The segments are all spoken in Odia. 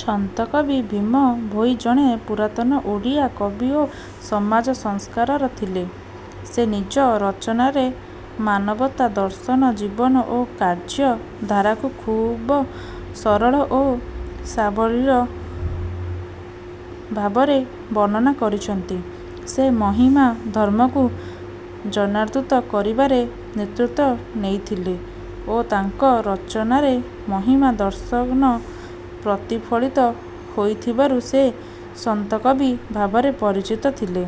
ସନ୍ଥକବି ଭୀମ ଭୋଇ ଜଣେ ପୁରାତନ ଓଡ଼ିଆ କବି ଓ ସମାଜ ସଂସ୍କାରକ ଥିଲେ। ସେ ନିଜ ରଚନାରେ ମାନବତା, ଦର୍ଶନ, ଜୀବନ ଓ କାର୍ଯ୍ୟ ଧାରାକୁ ଖୁବ ସରଳ ଓ ସାବଲୀଳ ଭାବରେ ବର୍ଣ୍ଣନା କରିଛନ୍ତି। ସେ ମହିମା ଧର୍ମକୁ ଜନାଦୃତ କରିବାରେ ନେତୃତ୍ୱ ନେଇଥିଲେ ଓ ତାଙ୍କ ରଚନାରେ ମହିମା ଦର୍ଶନ ପ୍ରତିଫଳିତ ହୋଇଥିବାରୁ ସେ "ସନ୍ଥ କବି" ଭାବରେ ପରିଚିତ ଥିଲେ।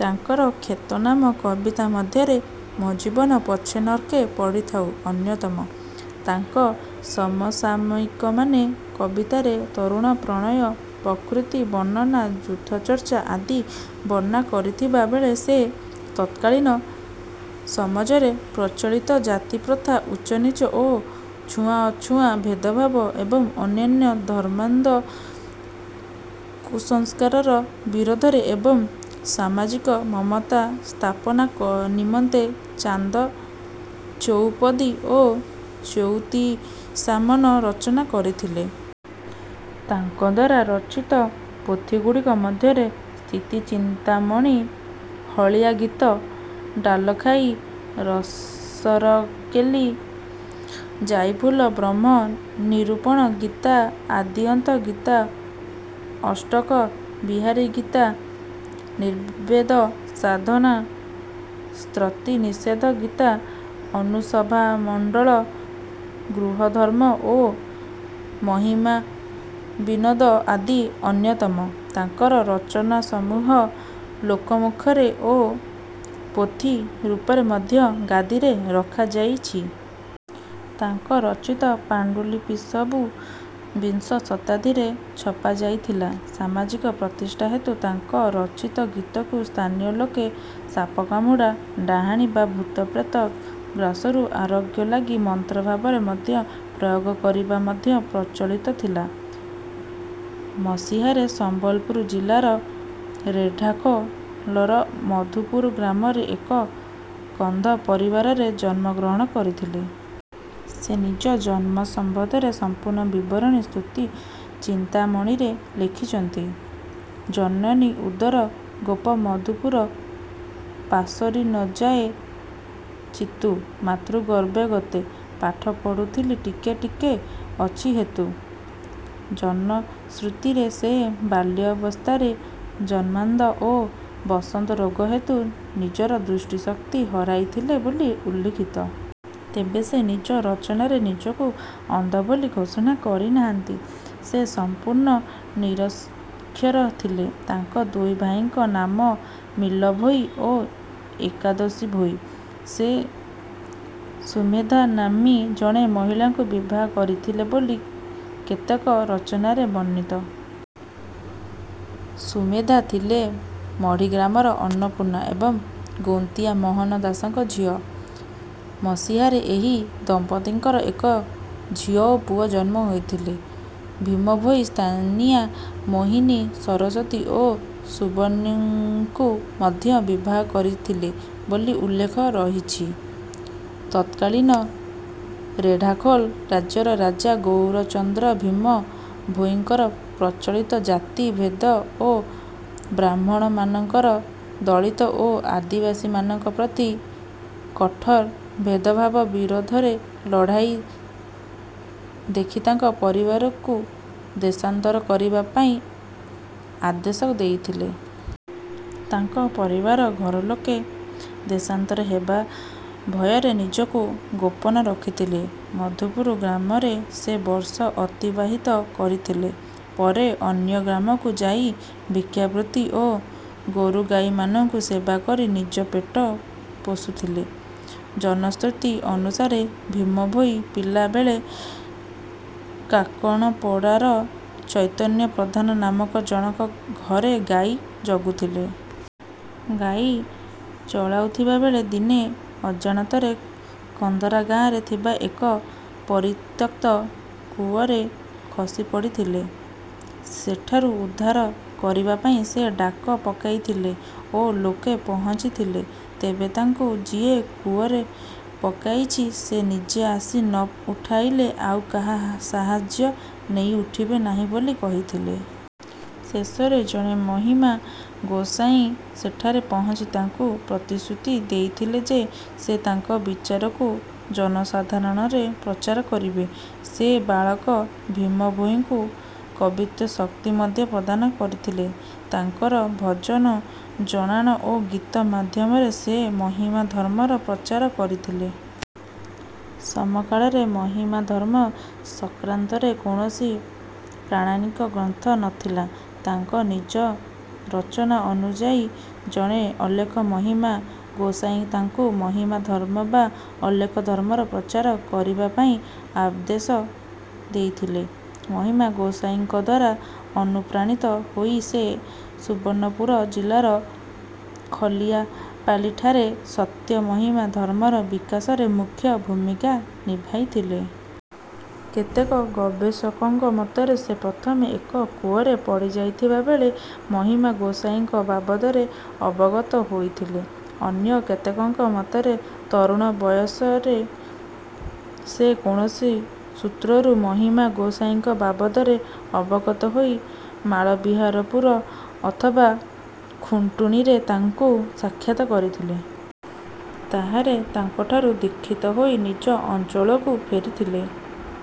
ତାଙ୍କର ଖ୍ୟାତନାମା କବିତା ମଧ୍ୟରେ "ମୋ ଜୀବନ ପଛେ ନର୍କେ ପଡ଼ିଥାଉ" ଅନ୍ୟତମ। ତାଙ୍କ ସମସାମୟିକମାନେ କବିତାରେ ତରୁଣ ପ୍ରଣୟ, ପ୍ରକୃତି ବର୍ଣ୍ଣନା, ଯୁଦ୍ଧଚର୍ଚ୍ଚା ଆଦି ବର୍ଣ୍ଣା କରିଥିବା ବେଳେ ସେ ତତ୍କାଳୀନ ସମଜରେ ପ୍ରଚଳିତ ଜାତିପ୍ରଥା, ଉଚ୍ଚନୀଚ ଓ ଛୁଆଁଅଛୁଆଁ ଭେଦଭାବ ଏବଂ ଅନ୍ୟାନ୍ୟ ଧର୍ମାନ୍ଧ କୁସଂସ୍କାରର ବିରୋଧରେ ଏବଂ ସାମାଜିକ ସମତା ସ୍ଥାପନା ନିମନ୍ତେ ଛାନ୍ଦ, ଚଉପଦୀ ଓ ଚଉତିଶାମାନ ରଚନା କରିଥିଲେ। ତାଙ୍କଦ୍ୱାରା ରଚିତ ପୋଥିଗୁଡ଼ିକ ମଧ୍ୟରେ ସ୍ତୁତିଚିନ୍ତାମଣି, ହଳିଆ ଗୀତ, ଡାଲଖାଈ, ରସରକେଲି, ଯାଇଫୁଲ, ବ୍ରହ୍ମ ନିରୂପଣ ଗୀତା, ଆଦିଅନ୍ତ ଗୀତା, ଅଷ୍ଟକ ବିହାରୀ ଗୀତା, ନିର୍ବେଦ ସାଧନା, ଶ୍ରୁତିନିଷେଧ ଗୀତା, ମନୁସଭାମଣ୍ଡଳ, ଗୃହଧର୍ମ ଓ ମହିମାବିନୋଦ ଆଦି ଅନ୍ୟତମ। ତାଙ୍କର ରଚନାସମୂହ ଲୋକମୁଖରେ ଓ ପୋଥି ରୂପରେ ମଧ୍ୟ ଗାଦିରେ ରଖାଯାଇଛି। ତାଙ୍କ ରଚିତ ପାଣ୍ଡୁଲିପିସବୁ ବିଂଶ ଶତାବ୍ଦୀରେ ଛପାଯାଇଥିଲା। ସାମାଜିକ ପ୍ରତିଷ୍ଠା ହେତୁ ତାଙ୍କ ରଚିତ ଗୀତକୁ ସ୍ଥାନୀୟ ଲୋକେ ସାପକାମୁଡ଼ା, ଡାଆଣୀ ବା ଭୂତପ୍ରେତ ଗ୍ରାସରୁ ଆରୋଗ୍ୟ ଲାଗି ମନ୍ତ୍ର ଭାବରେ ମଧ୍ୟ ପ୍ରୟୋଗ କରିବା ମଧ୍ୟ ପ୍ରଚଳିତ ଥିଲା। ମସିହାରେ ସମ୍ବଲପୁର ଜିଲ୍ଲାର ରେଢ଼ାଖୋ ଲର ମଧୁପୁର ଗ୍ରାମରେ ଏକ କନ୍ଧ ପରିବାରରେ ଜନ୍ମଗ୍ରହଣ କରିଥିଲେ। ସେ ନିଜ ଜନ୍ମ ସମ୍ବନ୍ଧରେ ସମ୍ପୂର୍ଣ୍ଣ ବିବରଣୀ ସ୍ତୁତି ଚିନ୍ତାମଣିରେ ଲେଖିଛନ୍ତି: ଜନନୀ ଉଦର ଗୋପ ମଧୁପୁର ପାଶୋରି ନ ଯାଏ ଚିତ୍ତୁ ମାତୃଗର୍ଭେଗତେ ପାଠ ପଢ଼ୁଥିଲି ଟିକେ ଟିକେ ଅଛି ହେତୁ।। ଜନଶ୍ରୁତିରେ ସେ ବାଲ୍ୟାବସ୍ଥାରେ ଜନ୍ମାନ୍ଧ ଓ ବସନ୍ତ ରୋଗ ହେତୁ ନିଜର ଦୃଷ୍ଟିଶକ୍ତି ହରାଇଥିଲେ ବୋଲି ଉଲ୍ଲିଖିତ। ତେବେ ସେ ନିଜ ରଚନାରେ ନିଜକୁ ଅନ୍ଧ ବୋଲି ଘୋଷଣା କରିନାହାନ୍ତି। ସେ ସମ୍ପୂର୍ଣ୍ଣ ନିରକ୍ଷର ଥିଲେ। ତାଙ୍କ ଦୁଇ ଭାଇଙ୍କ ନାମ ମିଲ୍ଲ ଭୋଇ ଓ ଏକାଦୋଷୀ ଭୋଇ। ସେ ସୁମେଧା ନାମ୍ନୀ ଜଣେ ମହିଳାଙ୍କୁ ବିବାହ କରିଥିଲେ ବୋଲି କେତେକ ରଚନାରେ ବର୍ଣ୍ଣିତ। ସୁମେଧା ଥିଲେ ମଢ଼ି ଗ୍ରାମର ଅନ୍ନପୂର୍ଣ୍ଣା ଏବଂ ଗୌନ୍ତିଆ ମୋହନ ଦାସଙ୍କ ଝିଅ। ମସିହାରେ ଏହି ଦମ୍ପତ୍ତିଙ୍କର ଏକ ଝିଅ ଓ ପୁଅ ଜନ୍ମ ହୋଇଥିଲେ। ଭୀମ ଭୋଇ ସ୍ଥାନୀୟା ମୋହିନୀ, ସରସ୍ୱତୀ ଓ ସୁବର୍ଣ୍ଣାଙ୍କୁ ମଧ୍ୟ ବିବାହ କରିଥିଲେ ବୋଲି ଉଲ୍ଲେଖ ରହିଛି। ତତ୍କାଳୀନ ରେଢ଼ାଖୋଲ ରାଜ୍ୟର ରାଜା ଗୌରଚନ୍ଦ୍ର ଭୀମ ଭୋଇଙ୍କର ପ୍ରଚଳିତ ଜାତି ଭେଦ ଓ ବ୍ରାହ୍ମଣମାନଙ୍କର ଦଳିତ ଓ ଆଦିବାସୀମାନଙ୍କ ପ୍ରତି କଠୋର ଭେଦଭାବ ବିରୋଧରେ ଲଢ଼ାଇ ଦେଖି ତାଙ୍କ ପରିବାରକୁ ଦେଶାନ୍ତର କରିବା ପାଇଁ ଆଦେଶ ଦେଇଥିଲେ। ତାଙ୍କ ପରିବାର ଘରଲୋକେ ଦେଶାନ୍ତର ହେବା ଭୟରେ ନିଜକୁ ଗୋପନ ରଖିଥିଲେ। ମଧୁପୁର ଗ୍ରାମରେ ସେ ବର୍ଷ ଅତିବାହିତ କରିଥିଲେ। ପରେ ଅନ୍ୟ ଗ୍ରାମକୁ ଯାଇ ଭିକ୍ଷା ବୃତ୍ତି ଓ ଗୋରୁଗାଈମାନଙ୍କୁ ସେବା କରି ନିଜ ପେଟ ପୋଷୁଥିଲେ। ଜନଶ୍ରୁତି ଅନୁସାରେ ଭୀମ ଭୋଇ ପିଲା ବେଳେ କାକଣପଡ଼ାର ଚୈତନ୍ୟ ପ୍ରଧାନ ନାମକ ଜଣକ ଘରେ ଗାଈ ଜଗୁଥିଲେ। ଗାଈ ଚରାଉ ଥିବା ବେଳେ ଦିନେ ଅଜାଣତରେ କନ୍ଦରା ଗାଁରେ ଥିବା ଏକ ପରିତ୍ୟକ୍ତ କୂଅରେ ଖସିପଡ଼ିଥିଲେ। ସେଠାରୁ ଉଦ୍ଧାର କରିବାପାଇଁ ସେ ଡାକ ପକାଇଥିଲେ ଓ ଲୋକେ ପହଞ୍ଚିଥିଲେ। ତେବେ ତାଙ୍କୁ ଯିଏ କୂଅରେ ପକାଇଛି ସେ ନିଜେ ଆସି ନ ଉଠାଇଲେ ଆଉ କାହା ସାହାଯ୍ୟ ନେଇ ଉଠିବେ ନାହିଁ ବୋଲି କହିଥିଲେ। ଶେଷରେ ଜଣେ ମହିମା ଗୋସାଇଁ ସେଠାରେ ପହଞ୍ଚି ତାଙ୍କୁ ପ୍ରତିଶ୍ରୁତି ଦେଇଥିଲେ ଯେ ସେ ତାଙ୍କ ବିଚାରକୁ ଜନସାଧାରଣରେ ପ୍ରଚାର କରିବେ। ସେ ବାଳକ ଭୀମଭୋଇଙ୍କୁ କବିତ୍ୱ-ଶକ୍ତି ମଧ୍ୟ ପ୍ରଦାନ କରିଥିଲେ। ତାଙ୍କର ଭଜନ, ଜଣାଣ ଓ ଗୀତ ମାଧ୍ୟମରେ ସେ ମହିମା ଧର୍ମର ପ୍ରଚାର କରିଥିଲେ। ସମକାଳରେ ମହିମାଧର୍ମ ସଂକ୍ରାନ୍ତରେ କୌଣସି ପ୍ରାମାଣିକ ଗ୍ରନ୍ଥ ନଥିଲା। ତାଙ୍କ ନିଜ ରଚନା ଅନୁଯାୟୀ ଜଣେ ଅଲେଖ ମହିମା ଗୋସାଇଁ ତାଙ୍କୁ ମହିମା ଧର୍ମ ବା ଅଲେଖ ଧର୍ମର ପ୍ରଚାର କରିବାପାଇଁ ଆଦେଶ ଦେଇଥିଲେ। ମହିମା ଗୋସାଇଁଙ୍କଦ୍ୱାରା ଅନୁପ୍ରାଣିତ ହୋଇ ସେ ସୁବର୍ଣ୍ଣପୁର ଜିଲ୍ଲାର ଖଲିଆପାଲିଠାରେ ସତ୍ୟ ମହିମା ଧର୍ମର ବିକାଶରେ ମୁଖ୍ୟ ଭୂମିକା ନିଭାଇଥିଲେ। କେତେକ ଗବେଷକଙ୍କ ମତରେ ସେ ପ୍ରଥମେ ଏକ କୂଅରେ ପଡ଼ିଯାଇଥିବା ବେଳେ ମହିମା ଗୋସାଇଁଙ୍କ ବାବଦରେ ଅବଗତ ହୋଇଥିଲେ। ଅନ୍ୟ କେତେକଙ୍କ ମତରେ ତରୁଣ ବୟସରେ ସେ କୌଣସି ସୂତ୍ରରୁ ମହିମା ଗୋସାଇଁଙ୍କ ବାବଦରେ ଅବଗତ ହୋଇ ମାଳବିହାରପୁର ଅଥବା ଖୁଣ୍ଟୁଣିରେ ତାଙ୍କୁ ସାକ୍ଷାତ କରିଥିଲେ। ତାହାରେ ତାଙ୍କଠାରୁ ଦୀକ୍ଷିତ ହୋଇ ନିଜ ଅଞ୍ଚଳକୁ ଫେରିଥିଲେ।